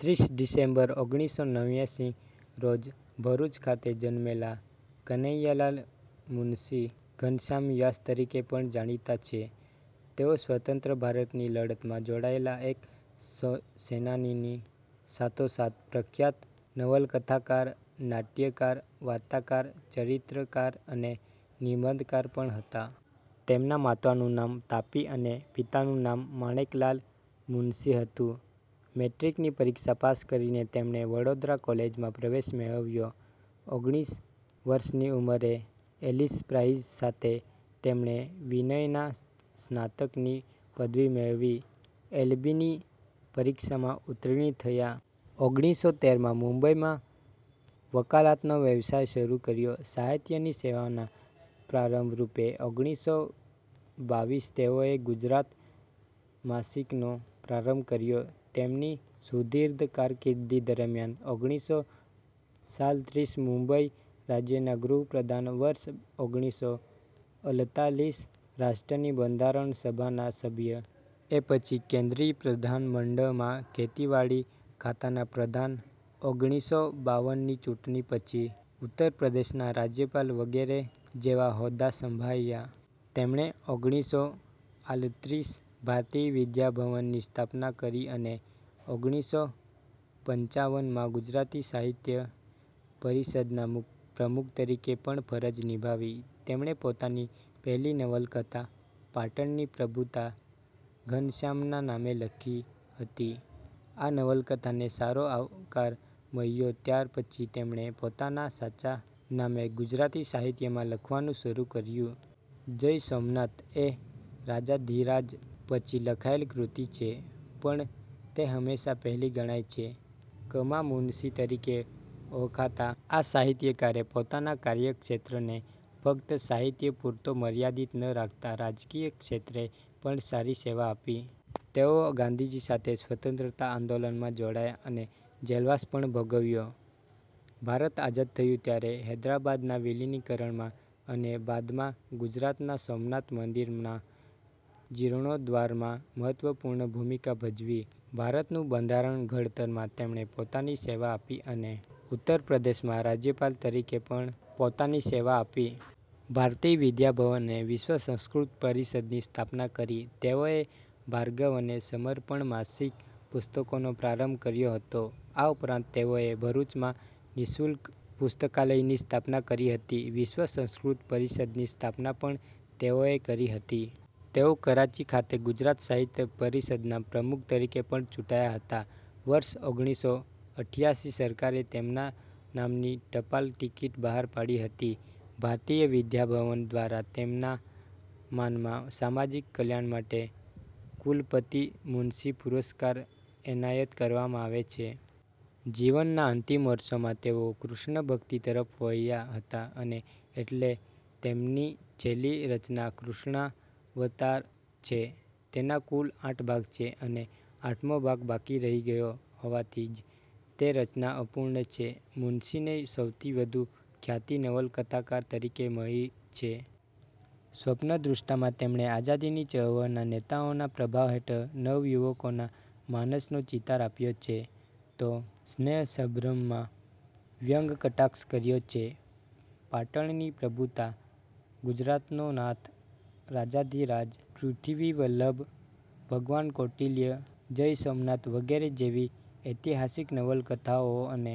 ત્રીસ ડિસેમ્બર, ઓગણીસો નેવ્નાયાસી રોજ ભરૂચ ખાતે જન્મેલા કનૈયાલાલ મુનશી 'ઘનશ્યામ વ્યાસ' તરીકે પણ જાણીતા છે. તેઓ સ્વતંત્ર ભારતની લડતમાં જોડાયેલા એક સૈનાનીની સાથોસાથ પ્રખ્યાત નવલકથાકાર, નાટ્યકાર, વાર્તાકાર, ચરિત્રકાર અને નિબંધકાર પણ હતા. તેમના માતાનું નામ તાપી અને પિતાનું નામ માણેકલાલ મુનશી હતું. મૅટ્રિકની પરીક્ષા પાસ કરીને તેમણે વડોદરા કૉલેજમાં પ્રવેશ મેળવ્યો. ઓગણીસ વર્ષની ઉંમરે 'એલિસ પ્રાઈઝ' સાથે તેમણે વિનયનના સ્નાતકની પદવી મેળવી. એલ. બી. ની પરીક્ષામાં ઉત્તિર્ણ થયા. ઓગણીસો તેર માં મુંબઈમાં વકાલાતનો વ્યવસાય શરૂ કર્યો. સાહિત્યની સેવાના પ્રારંભ રૂપે ઓગણીસો બાવ્વીસ તેઓએ 'ગુજરાત' માસિકનો પ્રારંભ કર્યો. તેમની સુદીર્ઘ કારકિર્દી દરમિયાન ઓગણીસો સાલત્રીસ મુંબઈ રાજ્યના ગૃહપ્રધાન, વર્ષ ઓગણીસો અલતાલીસ રાષ્ટ્રની બંધારણ સભાના સભ્ય, એ પછી કેન્દ્રીય પ્રધાનમંડળમાં ખેતીવાડી ખાતાના પ્રધાન, ઓગણીસો બાવન ની ચૂંટણી પછી ઉત્તરપ્રદેશના રાજ્યપાલ વગેરે જેવા હોદ્દા સંભાળ્યા. તેમણે ઓગણીસો આલત્રીસ ભારતીય વિદ્યા ભવનની સ્થાપના કરી અને, ઓગણીસો પંચાવન માં ગુજરાતી સાહિત્ય પરિષદના પ્રમુખ તરીકે પણ ફરજ નિભાવી. તેમણે પોતાની પહેલી નવલકથા 'પાટણની પ્રભુતા' ઘનશ્યામના નામે લખી હતી. આ નવલકથાને સારો આવકાર મળ્યો ત્યાર પછી તેમણે પોતાના સાચા નામે ગુજરાતી સાહિત્યમાં લખવાનુ શરૂ કર્યું. 'જય સોમનાથ' એ 'રાજાધિરાજ' પછી લખાયેલ કૃતિ છે, પણ તે હંમેશા પહેલી ગણાય છે. ક. મા. મુનશી તરીકે ઓળખાતા આ સાહિત્યકારે પોતાના કાર્યક્ષેત્રને ફક્ત સાહિત્ય પૂરતો મર્યાદિત ન રાખતાં રાજકીય ક્ષેત્રે પણ સારી સેવા આપી. તેઓ ગાંધીજી સાથે સ્વતંત્રતા આંદોલનમાં જોડાયા અને જેલવાસ પણ ભોગવ્યો. ભારત આઝાદ થયું ત્યારે હૈદ્રાબાદના વિલિનીકરણમાં અને બાદમાં ગુજરાતના સોમનાથ મંદિરના જિર્ણોદ્ધારમાં મહત્વપૂર્ણ ભૂમિકા ભજવી. ભારતનું બંધારણ ઘડતરમાં તેમણે પોતાની સેવા આપી અને ઉત્તરપ્રદેશમાં રાજ્યપાલ તરીકે પણ પોતાની સેવા આપી. ભારતીય વિદ્યાભવન અને વિશ્વ સંસ્કૃત પરિષદની સ્થાપના કરી. તેઓએ ભાર્ગવ અને સમર્પણ માસિક પુસ્તકોનો પ્રારંભ કર્યો હતો. આ ઉપરાંત તેઓએ ભરૂચમાં નિ:શુલ્ક પુસ્તકાલયની સ્થાપના કરી હતી. વિશ્વ સંસ્કૃત પરિષદની સ્થાપના પણ તેઓએ કરી હતી. તેઓ કરાંચી ખાતે ગુજરાત સાહિત્ય પરિષદના પ્રમુખ તરીકે પણ ચૂંટાયા હતા. વર્ષ ઓગણીસો અઠ્યાસી સરકારે તેમના નામની ટપાલ ટિકીટ બહાર પાડી હતી. ભારતીય વિદ્યાભવન દ્વારા તેમના માનમાં સામાજિક કલ્યાણ માટે 'કુલપતિ મુનશી પુરસ્કાર' એનાયત કરવામાં આવે છે. જીવનના અંતિમ વર્ષોમાં તેઓ કૃષ્ણભક્તિ તરફ વળ્યા હતા અને એટલે તેમની છેલ્લી રચના 'કૃષ્ણાવતાર' છે, તેના કુલ આઠ ભાગ છે અને આઠમો ભાગ બાકી રહી ગયો હોવાથી જ તે રચના અપૂર્ણ છે. મુનશીને સૌથી વધુ ખ્યાતિ નવલકથાકાર તરીકે મળી છે. 'સ્વપ્નદૃષ્ટા'માં તેમણે આઝાદીની ચળવળના નેતાઓના પ્રભાવ હેઠળ નવયુવકોના માનસનો ચિતાર અપાયો છે તો 'સ્નેહસંભ્રમ'માં વ્યંગકટાક્ષ કર્યો છે. 'પાટણની પ્રભુતા', 'ગુજરાતનો નાથ', 'રાજાધિરાજ', 'પૃથિવીવલ્લભ', 'ભગવાન કૌટિલ્ય', 'જય સોમનાથ', વગેરે જેવી ઐતિહાસિક નવલકથાઓ અને